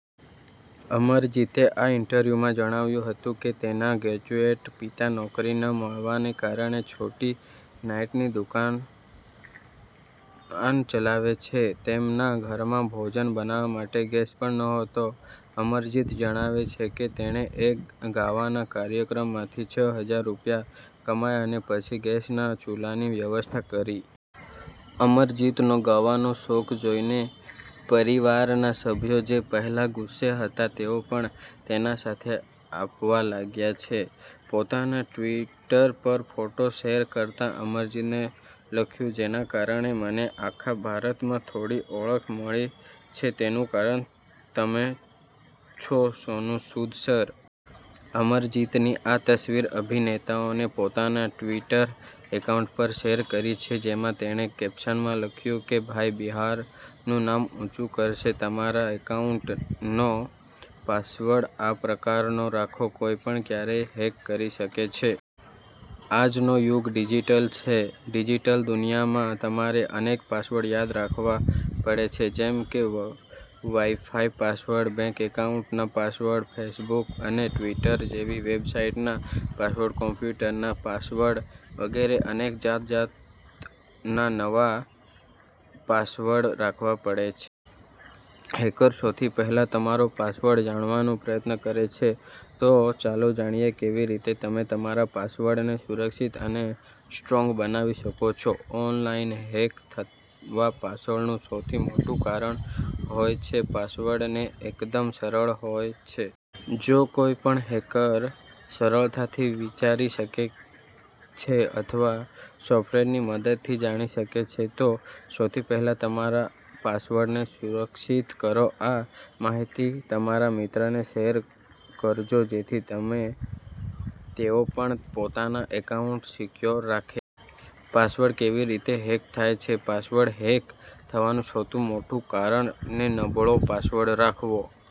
અમરજીતે આ ઈન્ટરવ્યુમાં જણાવ્યું હતું કે તેના ગ્રેજ્યુએટ પિતા નોકરી ન મળવાને કારણે છોટી નાઈટની દુકાન કાન ચલાવે છે. તેમના ઘરમાં ભોજન બનાવા માટે ગેસ પણ ન હતો. અમરજીત જણાવે છે કે તેણે એક ગાવાના કાર્યક્રમમાંથી છ હજાર રૂપિયા કમાયા અને પછી ગેસના ચૂલાની વ્યવસ્થા કરી. અમરજીતનો ગાવાનો શોખ જોઈને પરિવારના સભ્યો જે પહેલા ગુસ્સે હતા તેઓ પણ તેને સાથે આપવા લાગ્યા છે. પોતાના ટ્વિટર પર ફોટો શેર કરતા અમરજીતે લખ્યું જેના કારણે મને આખા ભારતમાં થોડી ઓળખ મળી છે, તેનું કારણ તમે છો સોનુ સૂદ સર. અમરજીતની આ તસવીર અભિનેતાએ પોતાના ટ્વિટર એકાઉન્ટ પર શેર કરી છે. જેમાં તેણે કેપ્શનમાં લખ્યું છે- ભાઈ બિહારનું નામ ઉંચું કરશે. તમારા એકાઉન્ટનો પાસવર્ડ આ પ્રકારનો રાખો- કોઇપણ ક્યારેય હેક નહી કરી શકે. આજ નો યુગ ડિજીટલ છે. ડિજીટલ દુનીયા માં તમારે અનેક પાસવર્ડ યાદ રાખવા પડે છે. જેમ કે વાઈ-ફાઈ પાસવર્ડ, બેંક એકાઉન્ટ ના પાસવર્ડ, ફેસબુક અને ટ્વીટર જેવી વેબસાઈટ ના પાસવર્ડ, કોમ્પ્યુટર ના પાસવર્ડ વગેરે અનેક જાત ના પાસવર્ડ રાખવા પડે છે. હેકર સૌથી પહેલા તમારો પાસવર્ડ જાણવાનો પ્રયત્ન કરે છે. તો ચાલો જાણીએ કેવી રીતે તમે તમારા પાસવર્ડ ને સુરક્ષીત અને સ્ટ્રોંગ બનાવી શકો છો. ઓનલાઈન હેક થવા પાછળ નું સૌથી મોટું કારણ હોય છે પાસવર્ડ ને એકદમ સરળ હોય છે. જે કોઈ પણ હેકર સરળતાથી વિચારી શકે છે અથવા સોફ્ટવેર ની મદદ થી જાણી શકે છે. તો સૌથી પેહલા તમારા પાસવર્ડ ને સુરક્ષીત કરો. આ માહિતી તમારા મિત્રોને શેર પણ કરજો જેથી તેઓ પણ પોતાના એકાઉન્ટ સિકયોર રાખે. પાસવર્ડ કેવી રીતે હેક થાય છે? પાસવર્ડ હેક થવાનું સૌથી મોટું કારણ છે નબળો પાસવર્ડ રાખવો.